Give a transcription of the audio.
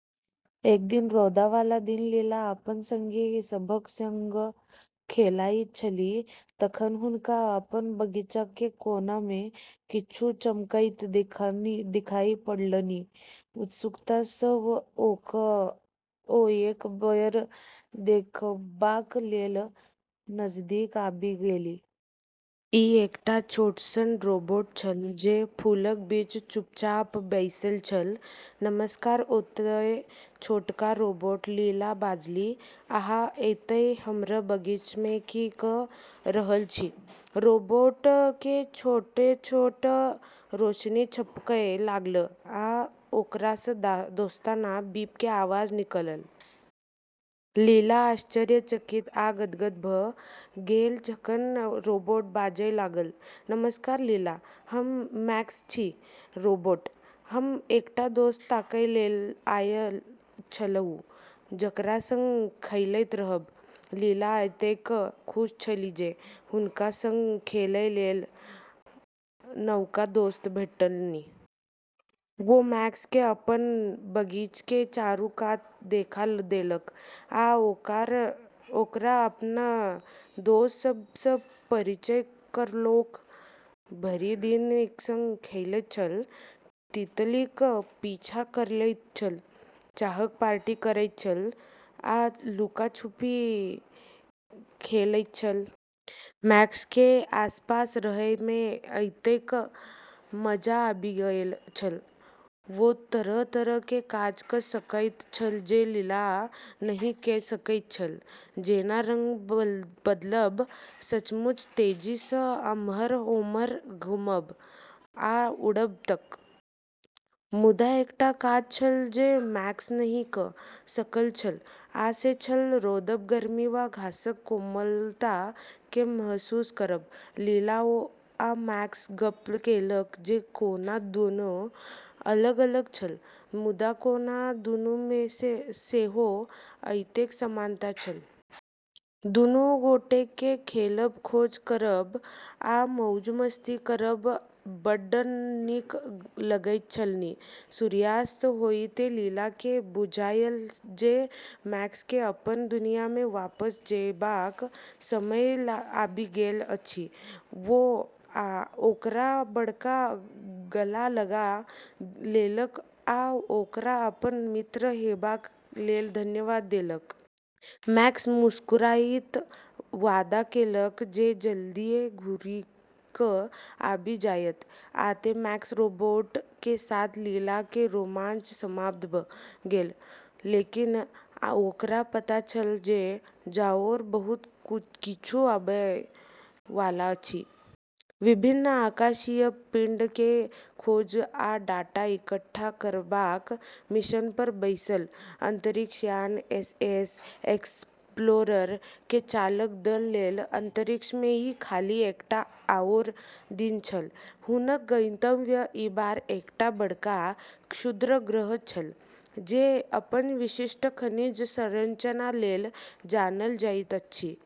एक दिन रौद वाला दिन लीला अपन संगी सभक संग खेलाइत छली तखन हुनका अपन बगीचा के कोना मे किछु चमकैत देखाइ पड़लनि। उत्सुकता सँ ओ एक बेर देखबाक लेल नजदीक आबि गेली। ई एकटा छोट सन रोबोट छल, जे फूलक बीच चुपचाप बैसल छल। "नमस्कार ओतय, छोटका रोबोट" लीला बाजली। "अहाँ एतय हमर बगीचा मे की क' रहल छी?" रोबोट के छोट-छोट रोशनी झपकय लागल, आ ओकरा सँ दोस्ताना बीप के आवाज निकलल। लीला आश्चर्यचकित आ गदगद भ' गेल जखन रोबोट बाजय लागल। "नमस्कार लीला, हम मैक्स छी, रोबोट। हम एकटा दोस्त ताकय लेल आयल छलहुँ, जकरा संग खेलैत रहब।" लीला एतेक खुश छली जे हुनका संग खेलय लेल नवका दोस्त भेटलनि। ओ मैक्स केँ अपन बगीचा के चारू कात देखा देलक, आ ओकरा अपन दोस्त सभ सँ परिचय करौलक। भरि दिन एक संग खेलैत छल, तितलीक पीछा करैत छल, चाहक पार्टी करैत छल, आ लुका-छिपी खेलैत छल। मैक्स के आसपास रहय मे एतेक मजा आबि गेल छल। ओ तरह-तरह के काज क' सकैत छल जे लीला नहि क' सकैत छल, जेना रंग बदलब, सचमुच तेजी सँ एम्हर-ओम्हर घुमब, आ उड़ब तक। मुदा एकटा काज छल जे मैक्स नहि क' सकल छल, आ से छल रौदक गर्मी वा घासक कोमलता केँ महसूस करब। लीला आ मैक्स गप्प केलक जे कोना दुनू अलग-अलग छल, मुदा कोना दुनू मे सेहो एतेक समानता छल। दुनू गोटे केँ खेलब, खोज करब, आ मौज-मस्ती करब बड्ड नीक लगैत छलनि। सूर्यास्त होइते लीला केँ बुझायल जे मैक्स केँ अपन दुनिया मे वापस जेबाक समय आबि गेल अछि। ओ ओकरा बड़का गला लगा लेलक आ ओकरा अपन मित्र हेबाक लेल धन्यवाद देलक। मैक्स मुस्कुराइत वादा केलक जे जल्दिये घुरि क' आबि जायत। आ तें, मैक्स रोबोट के साथ लीला के रोमांच समाप्त भ' गेल, लेकिन ओकरा पता छल जे आओर बहुत किछु आबय वाला अछि। विभिन्न आकाशीय पिंड के खोज आ डाटा इकट्ठा करबाक मिशन पर बैसल अंतरिक्ष यान एसएस एक्सप्लोरर के चालक दल लेल अंतरिक्ष मे ई खाली एकटा आओर दिन छल। हुनक गंतव्य ई बार एकटा बड़का क्षुद्रग्रह छल, जे अपन विशिष्ट खनिज संरचना लेल जानल जाइत अछि।